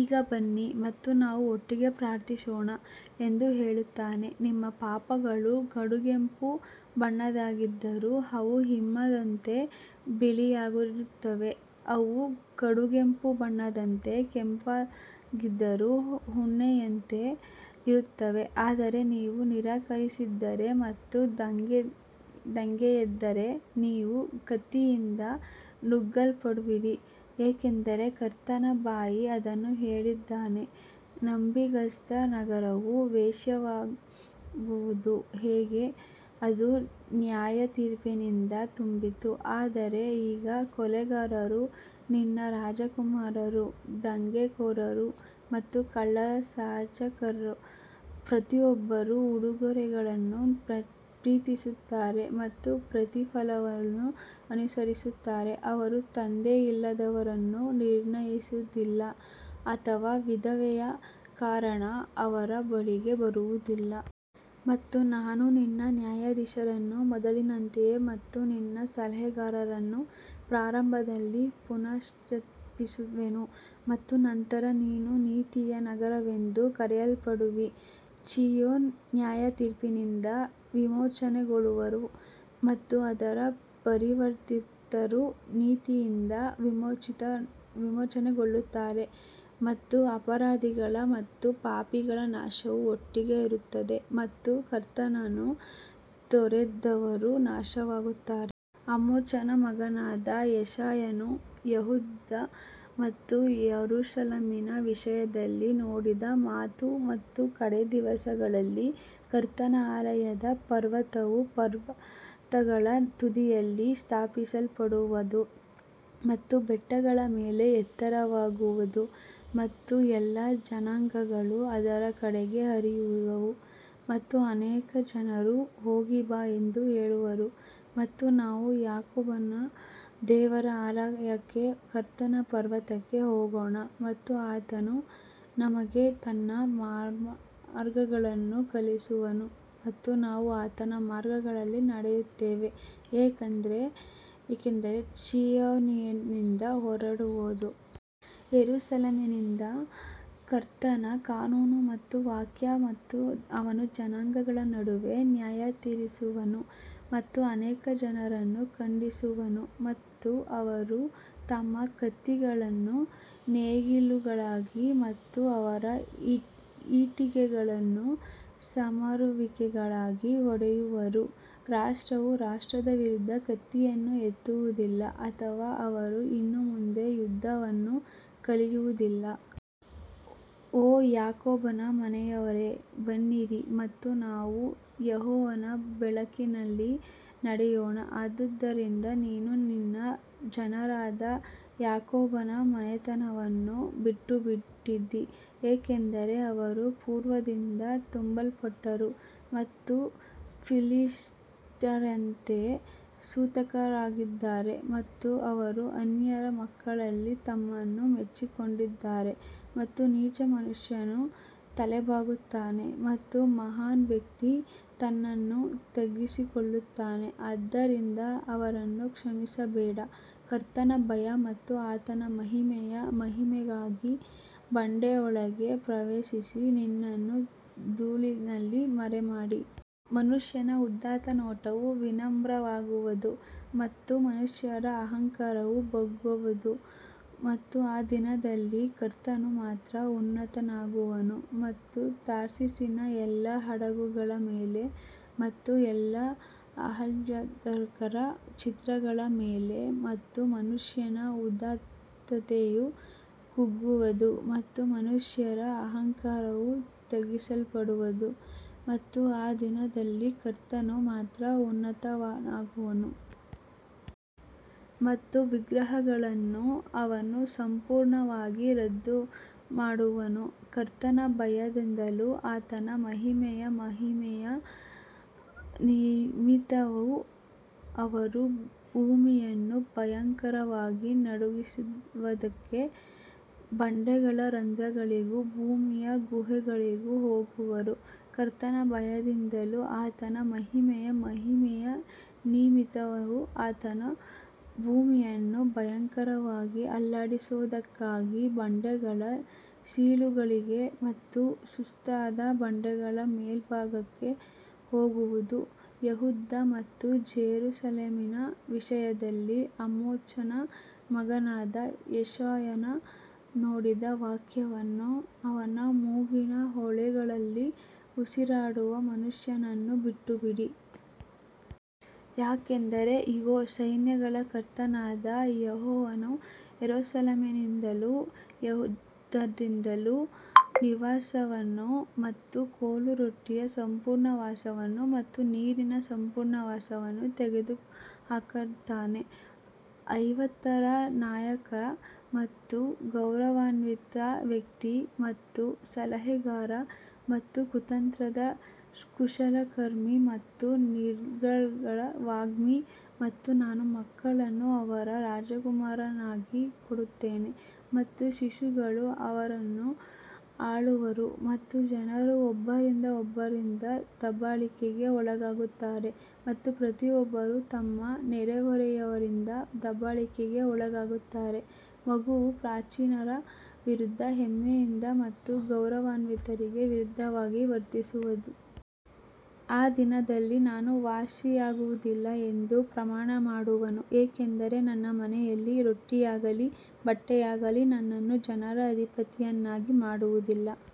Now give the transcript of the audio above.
ಈಗ ಬನ್ನಿ ಮತ್ತು ನಾವು ಒಟ್ಟಿಗೆ ಪ್ರಾರ್ಥಿಸೋಣ ಎಂದು ಹೇಳುತ್ತಾನೆ ನಿಮ್ಮ ಪಾಪಗಳು ಕಡುಗೆಂಪು ಬಣ್ಣದ್ದಾಗಿದ್ದರೂ ಅವು ಹಿಮದಂತೆ ಬಿಳಿಯಾಗಿರುತ್ತವೆ, ಅವು ಕಡುಗೆಂಪು ಬಣ್ಣದಂತೆ ಕೆಂಪಾಗಿದ್ದರೂ ಉಣ್ಣೆಯಂತೆ ಇರುತ್ತವೆ ಆದರೆ ನೀವು ನಿರಾಕರಿಸಿದರೆ ಮತ್ತು ದಂಗೆಯೆದ್ದರೆ ನೀವು ಕತ್ತಿಯಿಂದ ನುಂಗಲ್ಪಡುವಿರಿ, ಏಕೆಂದರೆ ಕರ್ತನ ಬಾಯಿ ಅದನ್ನು ಹೇಳಿದ್ದಾನೆ ನಂಬಿಗಸ್ತ ನಗರವು ವೇಶ್ಯೆಯಾಗುವುದು ಹೇಗೆ ಅದು ನ್ಯಾಯತೀರ್ಪಿನಿಂದ ತುಂಬಿತ್ತು ಆದರೆ ಈಗ ಕೊಲೆಗಾರರು ನಿನ್ನ ರಾಜಕುಮಾರರು ದಂಗೆಕೋರರು ಮತ್ತು ಕಳ್ಳರ ಸಹಚರರು ಪ್ರತಿಯೊಬ್ಬರೂ ಉಡುಗೊರೆಗಳನ್ನು ಪ್ರೀತಿಸುತ್ತಾರೆ ಮತ್ತು ಪ್ರತಿಫಲವನ್ನು ಅನುಸರಿಸುತ್ತಾರೆ ಅವರು ತಂದೆಯಿಲ್ಲದವರನ್ನು ನಿರ್ಣಯಿಸುವುದಿಲ್ಲ ಅಥವಾ ವಿಧವೆಯ ಕಾರಣ ಅವರ ಬಳಿಗೆ ಬರುವುದಿಲ್ಲ. ಮತ್ತು ನಾನು ನಿನ್ನ ನ್ಯಾಯಾಧೀಶರನ್ನು ಮೊದಲಿನಂತೆಯೇ ಮತ್ತು ನಿನ್ನ ಸಲಹೆಗಾರರನ್ನು ಪ್ರಾರಂಭದಲ್ಲಿ ಪುನಸ್ಸ್ಥಾಪಿಸುವೆನು ಮತ್ತು ನಂತರ ನೀನು ನೀತಿಯ ನಗರವೆಂದು ಕರೆಯಲ್ಪಡುವಿ ಚೀಯೋನ್ ನ್ಯಾಯತೀರ್ಪಿನಿಂದ ವಿಮೋಚನೆಗೊಳ್ಳುವರು ಮತ್ತು ಅದರ ಪರಿವರ್ತಿತರು ನೀತಿಯಿಂದ ವಿಮೋಚನೆಗೊಳ್ಳುತ್ತಾರೆ ಮತ್ತು ಅಪರಾಧಿಗಳ ಮತ್ತು ಪಾಪಿಗಳ ನಾಶವು ಒಟ್ಟಿಗೆ ಇರುತ್ತದೆ ಮತ್ತು ಕರ್ತನನ್ನು ತೊರೆದವರು ನಾಶವಾಗುತ್ತಾರೆ. ಆಮೋಚನ ಮಗನಾದ ಯೆಶಾಯನು ಯೆಹೂದ ಮತ್ತು ಯೆರೂಸಲೇಮಿನ ವಿಷಯದಲ್ಲಿ ನೋಡಿದ ಮಾತು ಮತ್ತು ಕಡೇ ದಿವಸಗಳಲ್ಲಿ ಕರ್ತನ ಆಲಯದ ಪರ್ವತವು ಪರ್ವತಗಳ ತುದಿಯಲ್ಲಿ ಸ್ಥಾಪಿಸಲ್ಪಡುವದು ಮತ್ತು ಬೆಟ್ಟಗಳ ಮೇಲೆ ಎತ್ತರವಾಗುವದು ಮತ್ತು ಎಲ್ಲಾ ಜನಾಂಗಗಳು ಅದರ ಕಡೆಗೆ ಹರಿಯುವವು. ಮತ್ತು ಅನೇಕ ಜನರು ಹೋಗಿ ಬಾ ಎಂದು ಹೇಳುವರು ಮತ್ತು ನಾವು ಯಾಕೋಬನ ದೇವರ ಆಲಯಕ್ಕೆ ಕರ್ತನ ಪರ್ವತಕ್ಕೆ ಹೋಗೋಣ ಮತ್ತು ಆತನು ನಮಗೆ ತನ್ನ ಮಾರ್ಗಗಳನ್ನು ಕಲಿಸುವನು ಮತ್ತು ನಾವು ಆತನ ಮಾರ್ಗಗಳಲ್ಲಿ ನಡೆಯುತ್ತೇವೆ ಏಕೆಂದರೆ ಚೀಯೋನಿನಿಂದ ಹೊರಡುವವು. ಯೆರೂಸಲೇಮಿನಿಂದ ಕರ್ತನ ಕಾನೂನು ಮತ್ತು ವಾಕ್ಯ ಮತ್ತು ಅವನು ಜನಾಂಗಗಳ ನಡುವೆ ನ್ಯಾಯತೀರಿಸುವನು ಮತ್ತು ಅನೇಕ ಜನರನ್ನು ಖಂಡಿಸುವನು ಮತ್ತು ಅವರು ತಮ್ಮ ಕತ್ತಿಗಳನ್ನು ನೇಗಿಲುಗಳಾಗಿ ಮತ್ತು ಅವರ ಈಟಿಗಳನ್ನು ಸಮರುವಿಕೆಗಳಾಗಿ ಹೊಡೆಯುವರು ರಾಷ್ಟ್ರವು ರಾಷ್ಟ್ರದ ವಿರುದ್ಧ ಕತ್ತಿಯನ್ನು ಎತ್ತುವುದಿಲ್ಲ ಅಥವಾ ಅವರು ಇನ್ನು ಮುಂದೆ ಯುದ್ಧವನ್ನು ಕಲಿಯುವುದಿಲ್ಲ. ಓ ಯಾಕೋಬನ ಮನೆಯವರೇ ಬನ್ನಿರಿ ಮತ್ತು ನಾವು ಯೆಹೋವನ ಬೆಳಕಿನಲ್ಲಿ ನಡೆಯೋಣ ಆದದರಿಂದ ನೀನು ನಿನ್ನ ಜನರಾದ ಯಾಕೋಬನ ಮನೆತನವನ್ನು ಬಿಟ್ಟುಬಿಟ್ಟಿದ್ದೀ, ಏಕೆಂದರೆ ಅವರು ಪೂರ್ವದಿಂದ ತುಂಬಲ್ಪಟ್ಟರು ಮತ್ತು ಫಿಲಿಷ್ಟಿಯರಂತೆ ಸೂತಕರಾಗಿದ್ದಾರೆ ಮತ್ತು ಅವರು ಅನ್ಯರ ಮಕ್ಕಳಲ್ಲಿ ತಮ್ಮನ್ನು ಮೆಚ್ಚಿಕೊಂಡಿದ್ದಾರೆ. ಮತ್ತು ನೀಚ ಮನುಷ್ಯನು ತಲೆಬಾಗುತ್ತಾನೆ ಮತ್ತು ಮಹಾನ್ ವ್ಯಕ್ತಿ ತನ್ನನ್ನು ತಗ್ಗಿಸಿಕೊಳ್ಳುತ್ತಾನೆ ಆದ್ದರಿಂದ ಅವರನ್ನು ಕ್ಷಮಿಸಬೇಡ ಕರ್ತನ ಭಯ ಮತ್ತು ಆತನ ಮಹಿಮೆಯ ಮಹಿಮೆಗಾಗಿ ಬಂಡೆಯೊಳಗೆ ಪ್ರವೇಶಿಸಿ ನಿನ್ನನ್ನು ಧೂಳಿನಲ್ಲಿ ಮರೆಮಾಡಿ. ಮನುಷ್ಯನ ಉದಾತ್ತ ನೋಟವು ವಿನಮ್ರವಾಗುವದು ಮತ್ತು ಮನುಷ್ಯರ ಅಹಂಕಾರವು ಬಗ್ಗುವದು ಮತ್ತು ಆ ದಿನದಲ್ಲಿ ಕರ್ತನು ಮಾತ್ರ ಉನ್ನತನಾಗುವನು ಮತ್ತು ತಾರ್ಷಿಷಿನ ಎಲ್ಲಾ ಹಡಗುಗಳ ಮೇಲೆ ಮತ್ತು ಎಲ್ಲಾ ಆಹ್ಲಾದಕರ ಚಿತ್ರಗಳ ಮೇಲೆ ಮತ್ತು ಮನುಷ್ಯನ ಉದಾತ್ತತೆಯು ಕುಗ್ಗುವದು ಮತ್ತು ಮನುಷ್ಯರ ಅಹಂಕಾರವು ತಗ್ಗಿಸಲ್ಪಡುವದು ಮತ್ತು ಆ ದಿನದಲ್ಲಿ ಕರ್ತನು ಮಾತ್ರ ಉನ್ನತನಾಗುವನು. ಮತ್ತು ವಿಗ್ರಹಗಳನ್ನು ಅವನು ಸಂಪೂರ್ಣವಾಗಿ ರದ್ದುಮಾಡುವನು ಕರ್ತನ ಭಯದಿಂದಲೂ ಆತನ ಮಹಿಮೆಯ ಮಹಿಮೆಯ ನಿಮಿತ್ತವೂ ಅವರು ಭೂಮಿಯನ್ನು ಭಯಂಕರವಾಗಿ ನಡುಗಿಸುವದಕ್ಕೆ ಬಂಡೆಗಳ ರಂಧ್ರಗಳಿಗೂ ಭೂಮಿಯ ಗುಹೆಗಳಿಗೂ ಹೋಗುವರು. ಕರ್ತನ ಭಯದಿಂದಲೂ ಆತನ ಮಹಿಮೆಯ ಮಹಿಮೆಯ ನಿಮಿತ್ತವೂ ಆತನು ಭೂಮಿಯನ್ನು ಭಯಂಕರವಾಗಿ ಅಲ್ಲಾಡಿಸುವದಕ್ಕಾಗಿ ಬಂಡೆಗಳ ಸೀಳುಗಳಿಗೆ ಮತ್ತು ಸುಸ್ತಾದ ಬಂಡೆಗಳ ಮೇಲ್ಭಾಗಕ್ಕೆ ಹೋಗುವುದು ಯೆಹೂದ ಮತ್ತು ಜೆರುಸಲೇಮಿನ ವಿಷಯದಲ್ಲಿ ಆಮೋಚನ ಮಗನಾದ ಯೆಶಾಯನು ನೋಡಿದ ವಾಕ್ಯವನ್ನು ಅವನ ಮೂಗಿನ ಹೊಳ್ಳೆಗಳಲ್ಲಿ ಉಸಿರಾಡುವ ಮನುಷ್ಯನನ್ನು ಬಿಟ್ಟುಬಿಡಿ. ಯಾಕಂದರೆ ಇಗೋ, ಸೈನ್ಯಗಳ ಕರ್ತನಾದ ಯೆಹೋವನು ಯೆರೂಸಲೇಮಿನಿಂದಲೂ ಯೆಹೂದದಿಂದಲೂ ನಿವಾಸವನ್ನು ಮತ್ತು ಕೋಲು ರೊಟ್ಟಿಯ ಸಂಪೂರ್ಣ ವಾಸವನ್ನು ಮತ್ತು ನೀರಿನ ಸಂಪೂರ್ಣ ವಾಸವನ್ನು ತೆಗೆದುಹಾಕುತ್ತಾನೆ. ಐವತ್ತರ ನಾಯಕ ಮತ್ತು ಗೌರವಾನ್ವಿತ ವ್ಯಕ್ತಿ ಮತ್ತು ಸಲಹೆಗಾರ ಮತ್ತು ಕುತಂತ್ರದ ಕುಶಲಕರ್ಮಿ ಮತ್ತು ನಿರರ್ಗಳ ವಾಗ್ಮಿ ಮತ್ತು ನಾನು ಮಕ್ಕಳನ್ನು ಅವರ ರಾಜಕುಮಾರರನ್ನಾಗಿ ಕೊಡುತ್ತೇನೆ ಮತ್ತು ಶಿಶುಗಳು ಅವರನ್ನು ಆಳುವರು ಮತ್ತು ಜನರು ಒಬ್ಬರಿಂದ ಒಬ್ಬರಿಂದ ದಬ್ಬಾಳಿಕೆಗೆ ಒಳಗಾಗುತ್ತಾರೆ ಮತ್ತು ಪ್ರತಿಯೊಬ್ಬರು ತಮ್ಮ ನೆರೆಹೊರೆಯವರಿಂದ ದಬ್ಬಾಳಿಕೆಗೆ ಒಳಗಾಗುತ್ತಾರೆ, ಮಗುವು ಪ್ರಾಚೀನರ ವಿರುದ್ಧ ಹೆಮ್ಮೆಯಿಂದ ಮತ್ತು ಗೌರವಾನ್ವಿತರಿಗೆ ವಿರುದ್ಧವಾಗಿ ವರ್ತಿಸುವರು. ಆ ದಿನದಲ್ಲಿ ನಾನು ವಾಸಿಯಾಗುವುದಿಲ್ಲ ಎಂದು ಪ್ರಮಾಣ ಮಾಡುವನು, ಏಕೆಂದರೆ ನನ್ನ ಮನೆಯಲ್ಲಿ ರೊಟ್ಟಿಯಾಗಲಿ ಬಟ್ಟೆಯಾಗಲಿ ನನ್ನನ್ನು ಜನರ ಅಧಿಪತಿಯನ್ನಾಗಿ ಮಾಡುವುದಿಲ್ಲ.